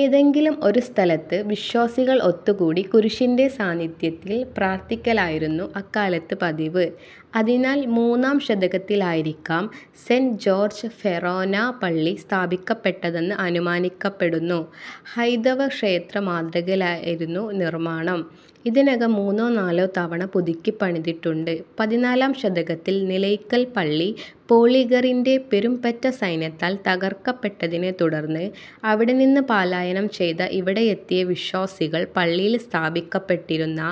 ഏതെങ്കിലും ഒരു സ്ഥലത്ത് വിശ്വാസികൾ ഒത്തുകൂടി കുരിശിൻ്റെ സാന്നിധ്യത്തിൽ പ്രാർഥിക്കലായിരുന്നു അക്കാലത്ത് പതിവ്. അതിനാൽ മൂന്നാം ശതകത്തിലായിരിക്കാം സെന്റ് ജോർജ് ഫെറോനാ പള്ളി സ്ഥാപിക്കപ്പെട്ടതെന്ന് അനുമാനിക്കപ്പെടുന്നു. ഹൈന്ദവ ക്ഷേത്ര മാതൃകയിലായിരുന്നു നിർമ്മാണം. ഇതിനകം മൂന്നോ നാലോ തവണ പുതുക്കിപ്പണിതിട്ടുണ്ട്. പതിനാലാം ശതകത്തിൽ നിലയ്ക്കൽ പള്ളി പോളിഗറിൻ്റെ പെരുംപറ്റ സൈന്യത്താൽ തകർക്കപ്പെട്ടതിനെ തുടർന്ന് അവിടെനിന്ന് പലായനം ചെയ്ത് ഇവിടെയെത്തിയ വിശ്വാസികൾ പള്ളിയിൽ സ്ഥാപിക്കപ്പെട്ടിരുന്ന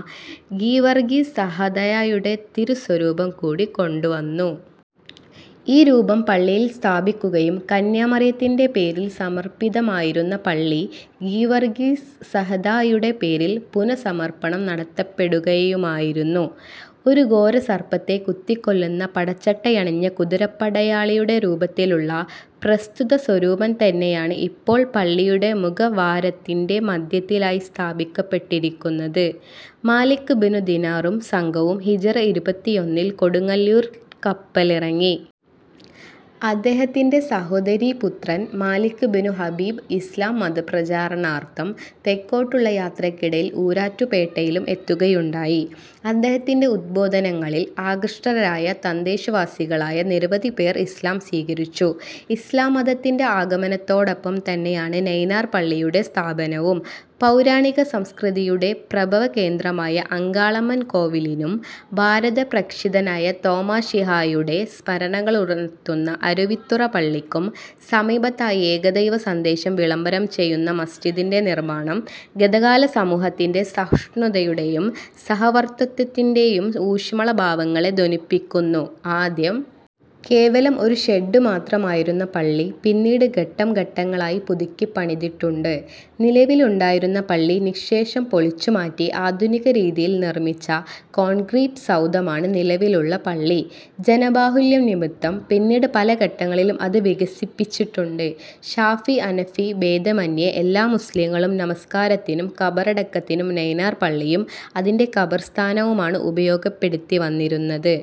ഗീവർഗീസ് സഹദായുടെ തിരുസ്വരൂപം കൂടി കൊണ്ടുവന്നു. ഈ രൂപം പള്ളിയിൽ സ്ഥാപിക്കുകയും കന്യാമറിയത്തിൻ്റെ പേരിൽ സമർപ്പിതമായിരുന്ന പള്ളി ഗീവർഗീസ് സഹദായുടെ പേരിൽ പുനഃസമർപ്പണം നടത്തപ്പെടുകയുമായിരുന്നു. ഒരു ഘോരസർപ്പത്തെ കുത്തിക്കൊല്ലുന്ന പടച്ചട്ടയണിഞ്ഞ കുതിരപ്പടയാളിയുടെ രൂപത്തിലുള്ള പ്രസ്തുത സ്വരൂപം തന്നെയാണ് ഇപ്പോൾ പള്ളിയുടെ മുഖവാരത്തിൻ്റെ മധ്യത്തിലായി സ്ഥാപിക്കപ്പെട്ടിരിക്കുന്നത്. മാലിക് ബിനു ദിനാറും സംഘവും ഹിജ്റ ഇരുപത്തിയൊന്നിൽ കൊടുങ്ങല്ലൂരിൽ കപ്പലിറങ്ങി. അദ്ദേഹത്തിൻ്റെ സഹോദരീപുത്രൻ മാലിക് ബിനു ഹബീബ് ഇസ്ലാം മതപ്രചാരണാർഥം തെക്കോട്ടുള്ള യാത്രയ്ക്കിടയിൽ ഈരാറ്റുപേട്ടയിലും എത്തുകയുണ്ടായി. അദ്ദേഹത്തിൻ്റെ ഉദ്ബോധനങ്ങളിൽ ആകൃഷ്ടരായ തദ്ദേശവാസികളായ നിരവധി പേർ ഇസ്ലാം സ്വീകരിച്ചു. ഇസ്ലാം മതത്തിൻ്റെ ആഗമനത്തോടൊപ്പം തന്നെയാണ് നൈനാർ പള്ളിയുടെ സ്ഥാപനവും. പൗരാണിക സംസ്കൃതിയുടെ പ്രഭവകേന്ദ്രമായ അങ്കാളമ്മൻ കോവിലിനും ഭാരതപ്രേക്ഷിതനായ തോമാശ്ലീഹായുടെ സ്മരണകളുണർത്തുന്ന അരുവിത്തുറ പള്ളിക്കും സമീപത്തായി ഏകദൈവ സന്ദേശം വിളംബരം ചെയ്യുന്ന മസ്ജിദിൻ്റെ നിർമ്മാണം ഗതകാല സമൂഹത്തിൻ്റെ സഹിഷ്ണുതയുടെയും സഹവർത്തിത്വത്തിൻ്റെ യും ഊഷ്മള ഭാവങ്ങളെ ധ്വനിപ്പിക്കുന്നു. ആദ്യം കേവലം ഒരു ഷെഡ് മാത്രമായിരുന്ന പള്ളി പിന്നീട് ഘട്ടം ഘട്ടങ്ങളായി പുതുക്കിപ്പണിതിട്ടുണ്ട്. നിലവിലുണ്ടായിരുന്ന പള്ളി നിശ്ശേഷം പൊളിച്ചുമാറ്റി ആധുനിക രീതിയിൽ നിർമിച്ച കോൺക്രീറ്റ് സൗധമാണ് നിലവിലുള്ള പള്ളി. ജനബാഹുല്യം നിമിത്തം പിന്നീട് പല ഘട്ടങ്ങളിലും അത് വികസിപ്പിച്ചിട്ടുണ്ട്. ശാഫി, ഹനഫി ഭേദമെന്യേ എല്ലാ മുസ്ലിംകളും നമസ്കാരത്തിനും ഖബറടക്കത്തിനും നൈനാർ പള്ളിയും അതിൻ്റെ ഖബർസ്ഥാനുമാണ് ഉപയോഗപ്പെടുത്തിവന്നിരുന്നത്.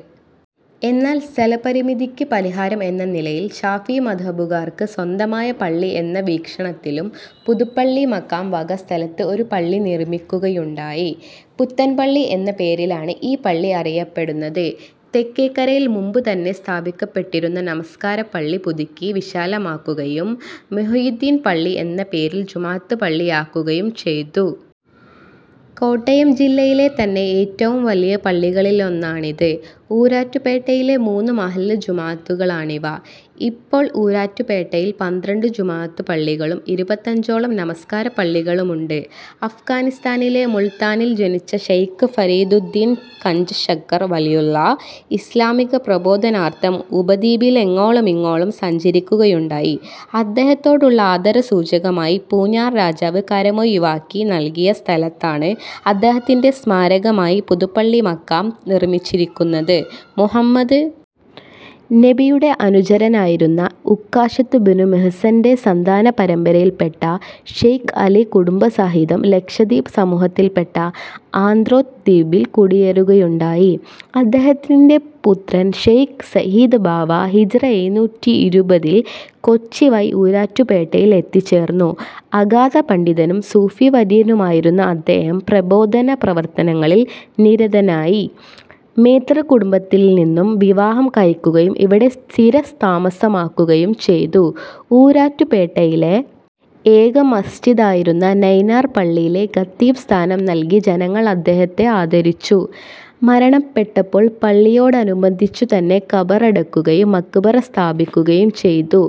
എന്നാൽ സ്ഥലപരിമിതിക്ക് പരിഹാരം എന്ന നിലയിലും ശാഫി മദ്ഹബുകാർക്ക് സ്വന്തമായ പള്ളി എന്ന വീക്ഷണത്തിലും പുതുപ്പള്ളി മഖാം വക സ്ഥലത്ത് ഒരു പള്ളി നിർമ്മിക്കുകയുണ്ടായി. പുത്തൻപള്ളി എന്ന പേരിലാണ് ഈ പള്ളി അറിയപ്പെടുന്നത്. തെക്കേക്കരയിൽ മുമ്പുതന്നെ സ്ഥാപിക്കപ്പെട്ടിരുന്ന നമസ്കാരപ്പള്ളി പുതുക്കി വിശാലമാക്കുകയും മുഹ്യിദ്ദീൻ പള്ളി എന്ന പേരിൽ ജുമുഅത്ത് പള്ളിയാക്കുകയും ചെയ്തു. കോട്ടയം ജില്ലയിലെ തന്നെ ഏറ്റവും വലിയ പള്ളികളിലൊന്നാണിത്. ഈരാറ്റുപേട്ടയിലെ മൂന്ന് മഹല്ല് ജമാഅത്തുകളാണിവ. ഇപ്പോൾ ഈരാറ്റുപേട്ടയിൽ പന്ത്രണ്ട് ജുമുഅത്ത് പള്ളികളും ഇരുപത്തഞ്ചോളം നമസ്കാരപ്പള്ളികളുമുണ്ട്. അഫ്ഗാനിസ്ഥാനിലെ മുൾത്താനിൽ ജനിച്ച ശൈഖ് ഫരീദുദ്ദീൻ ഗഞ്ചശക്കർ വലിയുല്ലാഹ് ഇസ്ലാമിക പ്രബോധനാർഥം ഉപദ്വീപിലങ്ങോളമിങ്ങോളം സഞ്ചരിക്കുകയുണ്ടായി. അദ്ദേഹത്തോടുള്ള ആദരസൂചകമായി പൂഞ്ഞാർ രാജാവ് കരമൊഴിവാക്കി നൽകിയ സ്ഥലത്താണ് അദ്ദേഹത്തിൻ്റെ സ്മാരകമായി പുതുപ്പള്ളി മഖാം നിർമിച്ചിരിക്കുന്നത്. മുഹമ്മദ് നബിയുടെ അനുചരനായിരുന്ന ഉക്കാശത്തുബ്നുമിഹ്സൻ്റെ സന്താനപരമ്പരയിൽപ്പെട്ട ശൈഖ് അലി കുടുംബസഹിതം ലക്ഷദ്വീപ് സമൂഹത്തിൽപ്പെട്ട ആന്ത്രോത്ത് ദ്വീപിൽ കുടിയേറുകയുണ്ടായി. അദ്ദേഹത്തിൻ്റെ പുത്രൻ ശൈഖ് സഈദ് ബാവ ഹിജ്റ എഴുന്നൂറ്റിയിരുപതിൽ കൊച്ചി വഴി ഈരാറ്റുപേട്ടയിൽ എത്തിച്ചേർന്നു. അഗാധപണ്ഡിതനും സൂഫിവര്യനുമായിരുന്ന അദ്ദേഹം പ്രബോധന പ്രവർത്തനങ്ങളിൽ നിരതനായി. മേത്തർ കുടുംബത്തിൽനിന്നും വിവാഹം കഴിക്കുകയും ഇവിടെ സ്ഥിരതാമസമാക്കുകയും ചെയ്തു. ഈരാറ്റുപേട്ടയിലെ ഏക മസ്ജിദായിരുന്ന നൈനാർ പള്ളിയിലെ ഖത്തീബ് സ്ഥാനം നൽകി ജനങ്ങൾ അദ്ദേഹത്തെ ആദരിച്ചു. മരണപ്പെട്ടപ്പോൾ പള്ളിയോടനുബന്ധിച്ചുതന്നെ ഖബറടക്കുകയും മഖ്ബറ സ്ഥാപിക്കുകയും ചെയ്തു.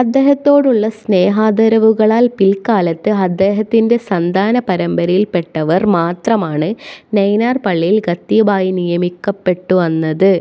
അദ്ദേഹത്തോടുള്ള സ്നേഹാദരവുകളാൽ പിൽക്കാലത്ത് അദ്ദേഹത്തിൻ്റെ സന്താനപരമ്പരയിൽപ്പെട്ടവർ മാത്രമാണ് നൈനാർ പള്ളിയിൽ ഖത്തീബായി നിയമിക്കപ്പെട്ടുവന്നത്.